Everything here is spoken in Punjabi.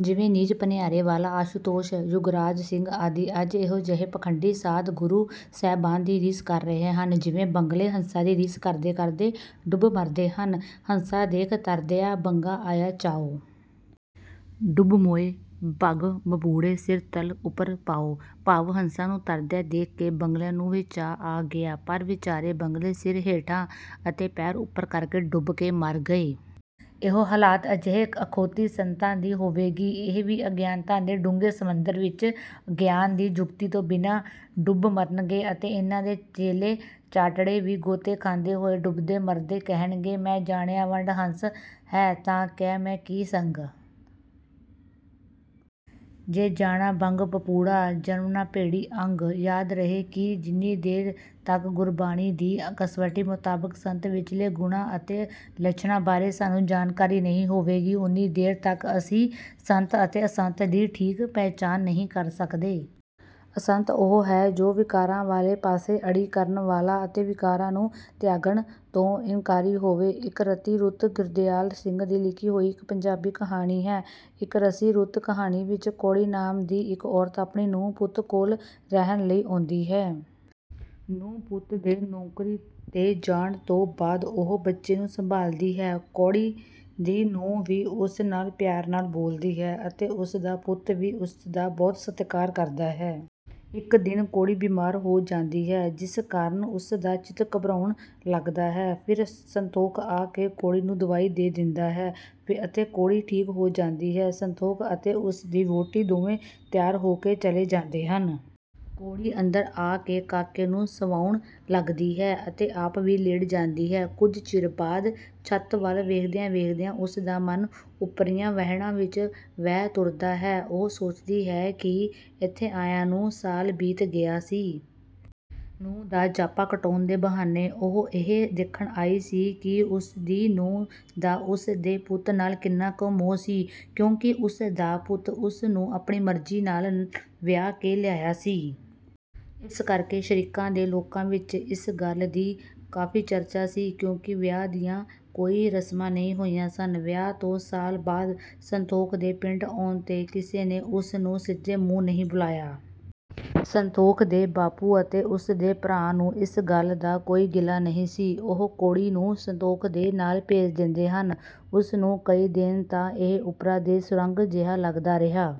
ਜਿਵੇਂ ਨੀਚ ਭਨਿਆਰੇ ਵਾਲਾ, ਆਸ਼ੂਤੋਸ਼, ਜੁਗਰਾਜ ਸਿੰਘ ਆਦਿ। ਅੱਜ ਇਹੋ ਜਿਹੇ ਪਖੰਡੀ ਸਾਧ ਗੁਰੂ ਸਾਹਿਬਾਨ ਦੀ ਰੀਸ ਕਰ ਰਹੇ ਹਨ, ਜਿਵੇਂ ਬਗਲੇ ਹੰਸਾਂ ਦੀ ਰੀਸ ਕਰਦੇ-ਕਰਦੇ ਡੁੱਬ ਮਰਦੇ ਹਨ। ਹੰਸਾ ਦੇਖਿ ਤਰੰਦਿਆ ਬਗਾ ਆਇਆ ਚਾਉ॥ ਡੁਬਿ ਮੁਏ ਬਗੁ ਬਪੁੜੇ ਸਿਰੁ ਤਲਿ ਉਪਰਿ ਪਾਉ॥ ਭਾਵ ਹੰਸਾਂ ਨੂੰ ਤਰਦਿਆਂ ਦੇਖ ਕੇ ਬਗਲਿਆਂ ਨੂੰ ਵੀ ਚਾਉ ਆ ਗਿਆ, ਪਰ ਵਿਚਾਰੇ ਬਗਲੇ ਸਿਰ ਹੇਠਾਂ ਅਤੇ ਪੈਰ ਉੱਪਰ ਕਰਕੇ ਡੁੱਬ ਕੇ ਮਰ ਗਏ। ਇਹੋ ਹਾਲਤ ਅਜਿਹੇ ਅਖੌਤੀ ਸੰਤਾਂ ਦੀ ਹੋਵੇਗੀ। ਇਹ ਵੀ ਅਗਿਆਨਤਾ ਦੇ ਡੂੰਘੇ ਸਮੁੰਦਰ ਵਿੱਚ ਗਿਆਨ ਦੀ ਜੁਗਤੀ ਤੋਂ ਬਿਨਾਂ ਡੁੱਬ ਮਰਨਗੇ ਅਤੇ ਇਨ੍ਹਾਂ ਦੇ ਚੇਲੇ-ਚਾਟੜੇ ਵੀ ਗੋਤੇ ਖਾਂਦੇ ਹੋਏ ਡੁੱਬਦੇ-ਮਰਦੇ ਕਹਿਣਗੇ ਮੈ ਜਾਣਿਆ ਵਡ ਹੰਸੁ ਹੈ ਤਾਂ ਮੈ ਕੀਤਾ ਸੰਗੁ॥ ਜੇ ਜਾਣਾ ਬਗੁ ਬਪੁੜਾ ਜਨਮਿ ਨ ਭੇੜੀ ਅੰਗੁ॥ ਯਾਦ ਰਹੇ ਕਿ ਜਿੰਨੀ ਦੇਰ ਤੱਕ ਗੁਰਬਾਣੀ ਦੀ ਕਸਵੱਟੀ ਮੁਤਾਬਕ ਸੰਤ ਵਿਚਲੇ ਗੁਣਾਂ ਅਤੇ ਲੱਛਣਾਂ ਬਾਰੇ ਸਾਨੂੰ ਜਾਣਕਾਰੀ ਨਹੀਂ ਹੋਵੇਗੀ, ਓਨੀ ਦੇਰ ਤੱਕ ਅਸੀਂ ਸੰਤ ਅਤੇ ਅਸੰਤ ਦੀ ਠੀਕ ਪਹਿਚਾਣ ਨਹੀਂ ਕਰ ਸਕਦੇ। ਅਸੰਤ ਉਹ ਹੈ ਜੋ ਵਿਕਾਰਾਂ ਵਾਲੇ ਪਾਸੇ ਅੜੀ ਕਰਨ ਵਾਲਾ ਅਤੇ ਵਿਕਾਰਾਂ ਨੂੰ ਤਿਆਗਣ ਤੋਂ ਇਨਕਾਰੀ ਹੋਵੇ। ਇੱਕਰਸੀ ਰੁੱਤ ਗੁਰਦਿਆਲ ਸਿੰਘ ਦੀ ਲਿਖੀ ਹੋਈ ਇੱਕ ਪੰਜਾਬੀ ਕਹਾਣੀ ਹੈ। ਇੱਕਰਸੀ ਰੁੱਤ ਕਹਾਣੀ ਵਿੱਚ ਕੌੜੀ ਨਾਮ ਦੀ ਇੱਕ ਔਰਤ ਆਪਣੀ ਨੂੰਹ-ਪੁੱਤ ਕੋਲ ਰਹਿਣ ਲਈ ਆਉਂਦੀ ਹੈ। ਨੂੰਹ-ਪੁੱਤ ਦੇ ਨੌਕਰੀ ਤੇ ਜਾਣ ਤੋਂ ਬਾਅਦ ਉਹ ਬੱਚੇ ਨੂੰ ਸੰਭਾਲਦੀ ਹੈ। ਕੌੜੀ ਦੀ ਨੂੰਹ ਵੀ ਉਸ ਨਾਲ ਪਿਆਰ ਨਾਲ ਬੋਲਦੀ ਹੈ ਅਤੇ ਉਸ ਦਾ ਪੁੱਤ ਵੀ ਉਸ ਦਾ ਬਹੁਤ ਸਤਿਕਾਰ ਕਰਦਾ ਹੈ। ਇੱਕ ਦਿਨ ਕੌੜੀ ਬੀਮਾਰ ਹੋ ਜਾਂਦੀ ਹੈ, ਜਿਸ ਕਾਰਨ ਉਸ ਦਾ ਚਿੱਤ ਘਬਰਾਉਣ ਲੱਗਦਾ ਹੈ। ਫਿਰ ਸੰਤੋਖ ਆ ਕੇ ਕੌੜੀ ਨੂੰ ਦਵਾਈ ਦੇ ਦਿੰਦਾ ਹੈ ਅਤੇ ਕੌੜੀ ਠੀਕ ਹੋ ਜਾਂਦੀ ਹੈ। ਸੰਤੋਖ ਅਤੇ ਉਸ ਦੀ ਵਹੁਟੀ ਦੋਵੇਂ ਤਿਆਰ ਹੋ ਕੇ ਚਲੇ ਜਾਂਦੇ ਹਨ। ਕੌੜੀ ਅੰਦਰ ਆ ਕੇ ਕਾਕੇ ਨੂੰ ਸਵਾਉਣ ਲੱਗਦੀ ਹੈ ਅਤੇ ਆਪ ਵੀ ਲੇਟ ਜਾਂਦੀ ਹੈ। ਕੁਝ ਚਿਰ ਬਾਅਦ ਛੱਤ ਵੱਲ ਵੇਖਦੇ-ਵੇਖਦੇ ਉਸ ਦਾ ਮਨ ਓਪਰੀਆਂ ਵਹਿਣਾਂ ਵਿੱਚ ਵਹਿ ਤੁਰਦਾ ਹੈ। ਉਹ ਸੋਚਦੀ ਹੈ ਕਿ ਇੱਥੇ ਆਇਆਂ ਨੂੰ ਸਾਲ ਬੀਤ ਗਿਆ ਸੀ। ਨੂੰਹ ਦਾ ਜਾਪਾ ਕਟਾਉਣ ਦੇ ਬਹਾਨੇ ਉਹ ਇਹ ਦੇਖਣ ਆਈ ਸੀ ਕਿ ਉਸ ਦੀ ਨੂੰਹ ਦਾ ਉਸ ਦੇ ਪੁੱਤ ਨਾਲ ਕਿੰਨਾ ਕੁ ਮੋਹ ਸੀ, ਕਿਉਂਕਿ ਉਸ ਦਾ ਪੁੱਤ ਉਸ ਨੂੰ ਆਪਣੀ ਮਰਜ਼ੀ ਨਾਲ ਵਿਆਹ ਕੇ ਲਿਆਇਆ ਸੀ। ਇਸ ਕਰਕੇ ਸ਼ਰੀਕੇ ਦੇ ਲੋਕਾਂ ਵਿੱਚ ਇਸ ਗੱਲ ਦੀ ਕਾਫ਼ੀ ਚਰਚਾ ਸੀ, ਕਿਉਂਕਿ ਵਿਆਹ ਦੀਆਂ ਕੋਈ ਰਸਮਾਂ ਨਹੀਂ ਹੋਈਆਂ ਸਨ। ਵਿਆਹ ਤੋਂ ਸਾਲ ਬਾਅਦ ਸੰਤੋਖ ਦੇ ਪਿੰਡ ਆਉਣ ਤੇ ਕਿਸੇ ਨੇ ਉਸ ਨੂੰ ਸਿੱਧੇ ਮੂੰਹ ਨਹੀਂ ਬੁਲਾਇਆ। ਸੰਤੋਖ ਦੇ ਬਾਪੂ ਅਤੇ ਉਸ ਦੇ ਭਰਾ ਨੂੰ ਇਸ ਗੱਲ ਦਾ ਕੋਈ ਗਿਲਾ ਨਹੀਂ ਸੀ। ਉਹ ਕੌੜੀ ਨੂੰ ਸੰਤੋਖ ਦੇ ਨਾਲ ਭੇਜ ਦਿੰਦੇ ਹਨ। ਉਸ ਨੂੰ ਕਈ ਦਿਨ ਤਾਂ ਇਹ ਓਪਰਾ ਦੇਸ ਸੁਰਗ ਜਿਹਾ ਲੱਗਦਾ ਰਿਹਾ।